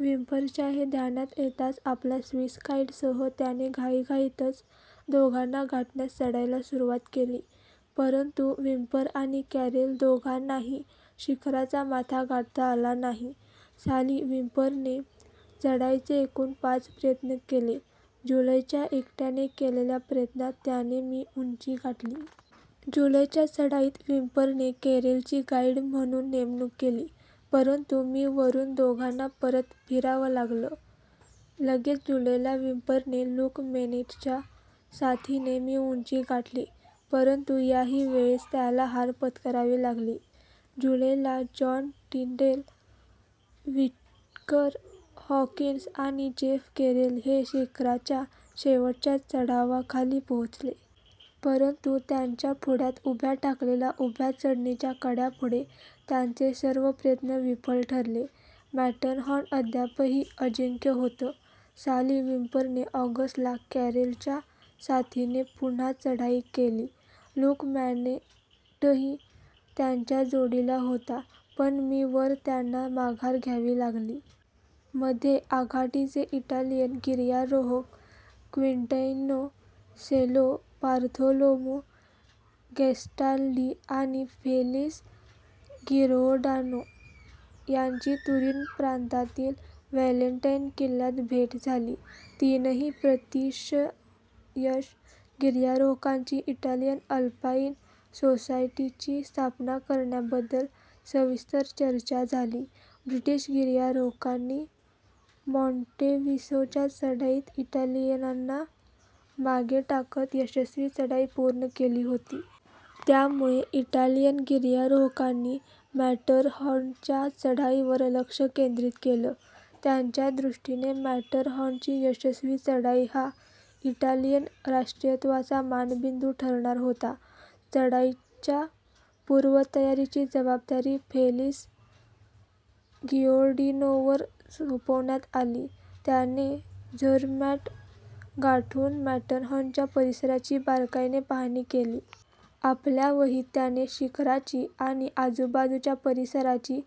व्हिम्परच्या हे ध्यानात येताच आपल्या स्विस गाईडसह त्याने घाईघाईतच दोघांना गाठण्यास चढाईला सुरवात केली. परंतु व्हिम्पर आणि कॅरेल दोघांनाही शिखराचा माथा गाठता आला नाही. साली व्हिम्परने चढाईचे एकूण पाच प्रयत्न केले. जुलैच्या एकट्याने केलेल्या प्रयत्नात त्याने मी उंची गाठली. जुलैच्या चढाईत व्हिम्परने कॅरेलची गाईड म्हणून नेमणूक केली परंतु मी वरून दोघांना परत फिरावं लागलं. लगेच जुलैला व्हिम्परने लुक मेनेटच्या साथीने मी उंची गाठली, परंतु याही वेळेस त्याला हार पत्करावी लागली. जुलैला जॉन टिन्डेल, व्हिक्टर हॉकीन्स आणि जेफ कॅरेल हे शिखराच्या शेवटच्या चढावाखाली पोहोचले. परंतु त्यांच्या पुढ्यात उभ्या ठाकलेल्या उभ्या चढणीच्या कड्यापुढे त्यांचे सर्व प्रयत्न विफल ठरले. मॅटरहॉर्न अद्यापही अजिंक्य होतं! साली व्हिम्परने ऑगस्टला कॅरेलच्या साथीने पुन्हा चढाई केली. लुक मॅनेटही त्यांच्या जोडीला होता. पण मी वर त्यांना माघार घ्यावी लागाली. मध्ये आघाडीचे इटालियन गिर्यारोहक क्विंटीनो सेला. बार्थोलोमु गॅस्टाल्डी आणि फेलीस गिओर्डानो यांची तुरीन प्रांतातील व्हॅलेंटाईन किल्ल्यात भेट झाली. तीनही प्रतिशयश गिर्यारोहकांची इटालियन अल्पाईन सोसायटीची स्थापना करण्याबद्दल सविस्तर चर्चा झाली. ब्रिटीश गिर्यारोहकांनी मॉन्टेव्हिसोच्या चढाईत इटालियनांना मागे टाकत यशस्वी चढाई पूर्ण केली होती. त्यामुळे इटालियन गिर्यारोहकांनी मॅटरहॉर्नच्या चढाईवर लक्षं केंद्रीत केलं. त्यांच्या दृष्टीने मॅटरहॉर्नची यशस्वी चढाई हा इटालियन राष्ट्रीयत्वाचा मानबिंदू ठरणार होता. चढाईच्या पूर्वतयारीची जबाबदारी फेलीस गिओर्डीनोवर सोपवण्यात आली. त्याने झरमॅट गाठून मॅटरहॉर्नच्या परिसराची बारकाईने पाहणी केली. आपल्या वहीत त्याने शिखराची आणि आजूबाजूच्या परिसराची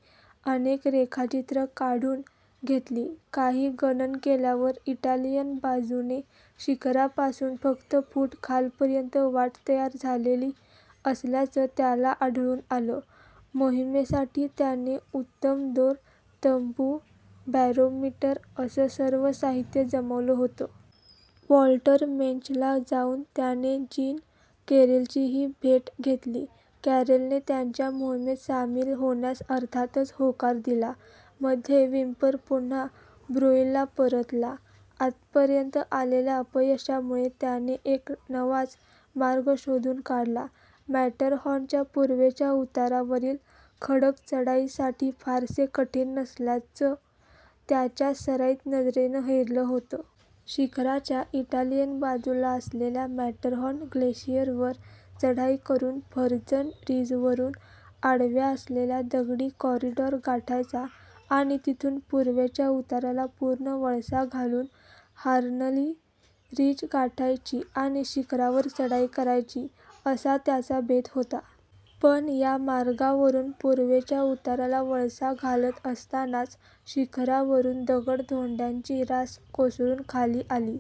अनेक रेखाचित्रं काढून घेतली. काही गणन केल्यावर इटालियन बाजूने शिखरापासून फक्त फूट खालपर्यंत वाट तयार झालेली असल्याचं त्याला आढळून आलं. मोहीमेसाठी त्याने उत्तम दोर, तंबू, बॅरोमीटर असं सर्व साहीत्य जमवलं होतं. वॉल्टरमेन्चला जाऊन त्याने जीन कॅरेलचीही भेट घेतली. कॅरेलने त्यांच्या मोहीमेत सामील होण्यास अर्थातच होकार दिला. मध्ये व्हिम्पर पुन्हा ब्रुईलला परतला. आतपर्यंत आलेल्या अपयशामुळे त्याने एक नवाच मार्ग शोधून काढला. मॅटरहॉर्नच्या पूर्वेच्या उतारावरील खडक चढाईसाठी फारसे कठीन नसल्याचं त्याच्या सराईत नजरेने हेरलं होतं. शिखराच्या इटालियन बाजूला असलेल्या मॅटरहॉर्न ग्लेशीयरवर चढाई करून फर्जन रिजवरून आडव्या असलेला दगडी कॉरीडॉर गाठायचा आणि तिथून पूर्वेच्या उताराला पूर्ण वळसा घालून हॉर्नली रिज गाठायची आणि शिखरावर चढाई करायची असा त्याचा बेत होता. पण या मार्गावरून पूर्वेच्या उताराला वळसा घालत असतानाच शिखरावरून दगड-धोंड्यांची रास कोसळून खाली आली.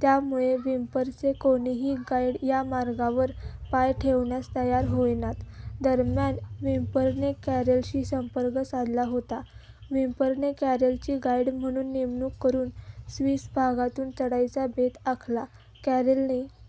त्यामुळे व्हिम्परचे कोणीही गाईड या मार्गावर पाय ठेवण्यास तयार होईनात. दरम्यान व्हिम्परने कॅरेलशी संपर्क साधला होता. व्हिम्परने कॅरेलची गाईड म्हणून नेमणूक करून स्विस भागातून चढाईचा बेत आखला. कॅरेलने